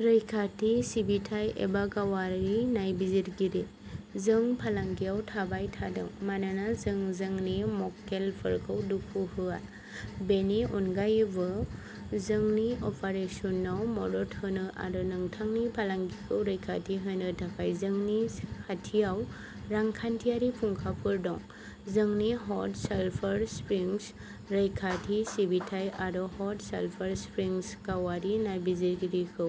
रैखाथि सिबिथाइ एबा गावारि नायबिजिरगिरि? जों फालांगियाव थाबाय थादों, मानोना जों जोंनि मक्केलफोरखौ दुखु होआ। बेनि अनगायैबो, जोंनि अपारेसनाव मदद होनो आरो नोंथांनि फालांगिखौ रैखाथि होनो थाखाय जोंनि खाथियाव रांखान्थियारि फुंखाफोर दं। जोंनि हट सालफार स्प्रिंग्स रैखाथि सिबिथाइ आरो हट सालफार स्प्रिंग्स गावारि नायबिजिरगिरिखौ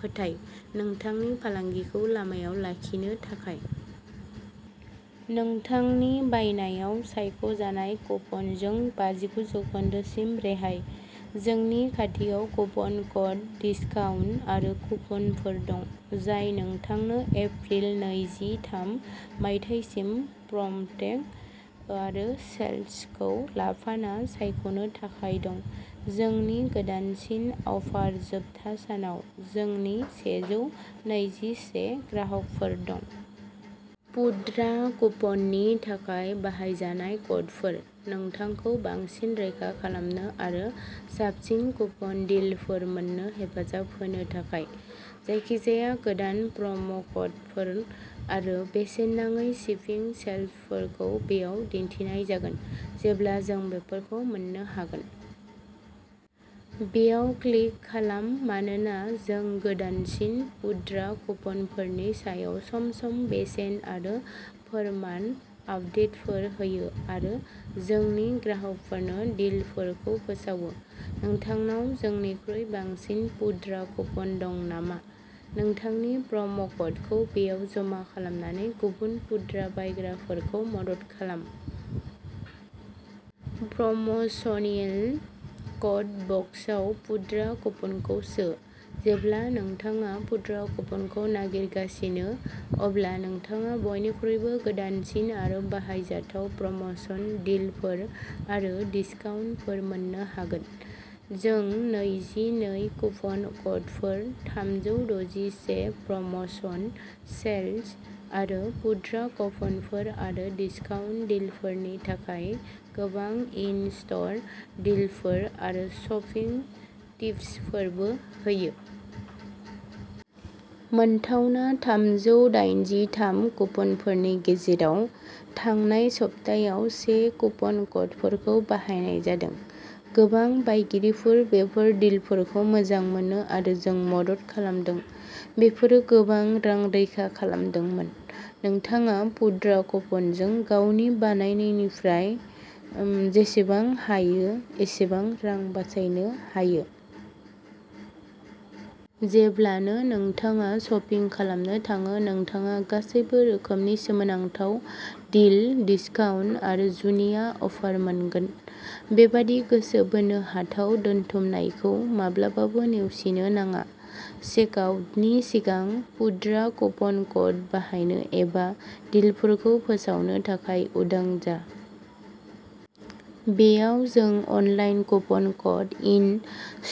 फोथाय, नोंथांनि फालांगिखौ लामायाव लाखिनो थाखाय। नोंथांनि बायनायाव सायख' जानाय कुपनजों बाजिगु जौखोन्दो सिम रेहाय! जोंनि खाथियाव कुपन क'ड, दिसकाउन्ट आरो कुपनफोर दं, जाय नोंथांनो एप्रिल नैजि थाम, मायथाइसिम प्रम'क'ड आरो सेल्सखौ लाफाना सायख'नो थाखाय दं। जोंनि गोदानसिन अफार जोबथा सानाव, जोंनि सेजौ नैजि से ग्राहकफोर दं। पुद्रा कुपननि थाखाय बाहायजानाय क'डफोर। नोंथांखौ बांसिन रैखा खालामनो आरो साबसिन कुपन डिलफोर मोन्नो हेफाजाब होनो थाखाय, जायखिजाया गोदान प्रम'क'डफोर आरो बेसेन नाङै शिपिं सेल्सफोरखौ बेयाव दिन्थिनाय जागोन जेब्ला जों बेफोरखौ मोन्नो हागोन। बेयाव क्लिक खालाम मानोना जों गोदानसिन पुद्रा कुपनफोरनि सायाव सम सम बेसेन आरो फोरमान आपदेटफोर होयो आरो जोंनि ग्राहकफोरनो डिलफोरखौ फोसावो। नोंथांनाव जोंनिख्रुइ बांसिन पुद्रा कुपन दं नामा? नोंथांनि प्रम'क'डखौ बेयाव जमा खालामनानै गुबुन पुद्रा बायग्राफोरखौ मदद खालाम। प्रम'शनियेल क'ड बक्सआव पुद्रा कुपनखौ सो। जेब्ला नोंथाङा पुद्रा कुपनखौ नागिरगासिनो, अब्ला नोंथाङा बयनिख्रुइबो गोदानसिन आरो बाहायजाथाव प्रम'शन डिलफोर आरो डिस्काउन्टफोर मोन्नो हागोन। जों नैजि नै कुपन क'डफोर, थामजौ द'जि से प्रम'शन सेल्स आरो पुद्रा कुपनफोर आरो डिस्काउन्ट डिलफोरनि थाखाय गोबां इन स्ट'र डिलफोर आरो शपिं टिप्सफोरबो होयो। मोनथावना थामजौ दाइनजि थाम कुपनफोरनि गेजेराव, थांनाय सप्तायाव से कुपन क'डफोरखौ बाहायनाय जादों। गोबां बायगिरिफोर बेफोर डिलफोरखौ मोजां मोनो आरो जों मदद खालामदों। बेफोरो गोबां रां रैखा खालामदोंमोन। नोंथाङा पुद्रा कुपनजों गावनि बायनायनिफ्राय जेसेबां हायो एसेबां रां बासायनो हायो। जेब्लानो नोंथाङा शपिं खालामनो थाङो, नोंथाङा गासैबो रोखोमनि सोमोनांथाव डिल, डिस्काउन्ट आरो जुनिया अफार मोनगोन। बेबादि गोसो बोनो हाथाव दोनथुमनायखौ माब्लाबाबो नेवसिनो नाङा। चेकआउटनि सिगां पुद्रा कुपन क'ड बाहायनो एबा डीलफोरखौ फोसावनो थाखाय उदां जा। बेयाव जों online coupon code, in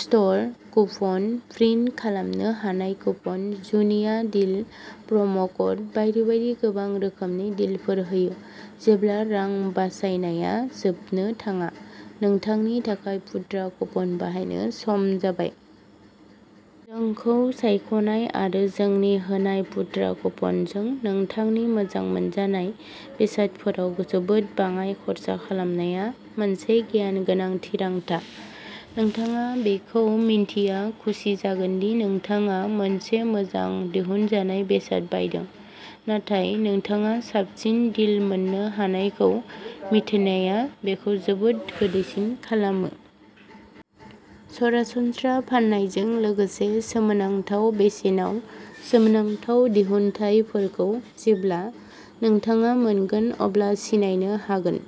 store coupon, print खालामनो हानाय कुपन, जुनिया डील, प्रम'क'ड बायदि बायदि गोबां रोखोमनि डीलफोर होयो। जेब्ला रां बासायनाया जोबनो थाङा! नोंथांनि थाखाय पुद्रा कुपन बाहायनो सम जाबाय। जोंखौ सायख'नाय आरो जोंनि होनाय पुद्रा कुपनजों नोंथांनि मोजां मोनजानाय बेसादफोराव जोबोद बाङाय खर्सा खालामनाया मोनसे गियान गोनां थिरांथा। नोंथाङा बेखौ मिन्थिना खुसि जागोन दि नोंथाङा मोनसे मोजां दिहुनजानाय बेसाद बायदों, नाथाय नोंथाङा साबसिन डिल मोननो हानायखौ मिथिनाया बेखौ जोबोद गोदैसिन खालामो! सरासनस्रा फान्नायजों लोगोसे, सोमोनांथाव बेसेनाव सोमोनांथाव दिहुनथायफोरखौ जेब्ला नोंथाङा मोनगोन अब्ला सिनायनो हागोन।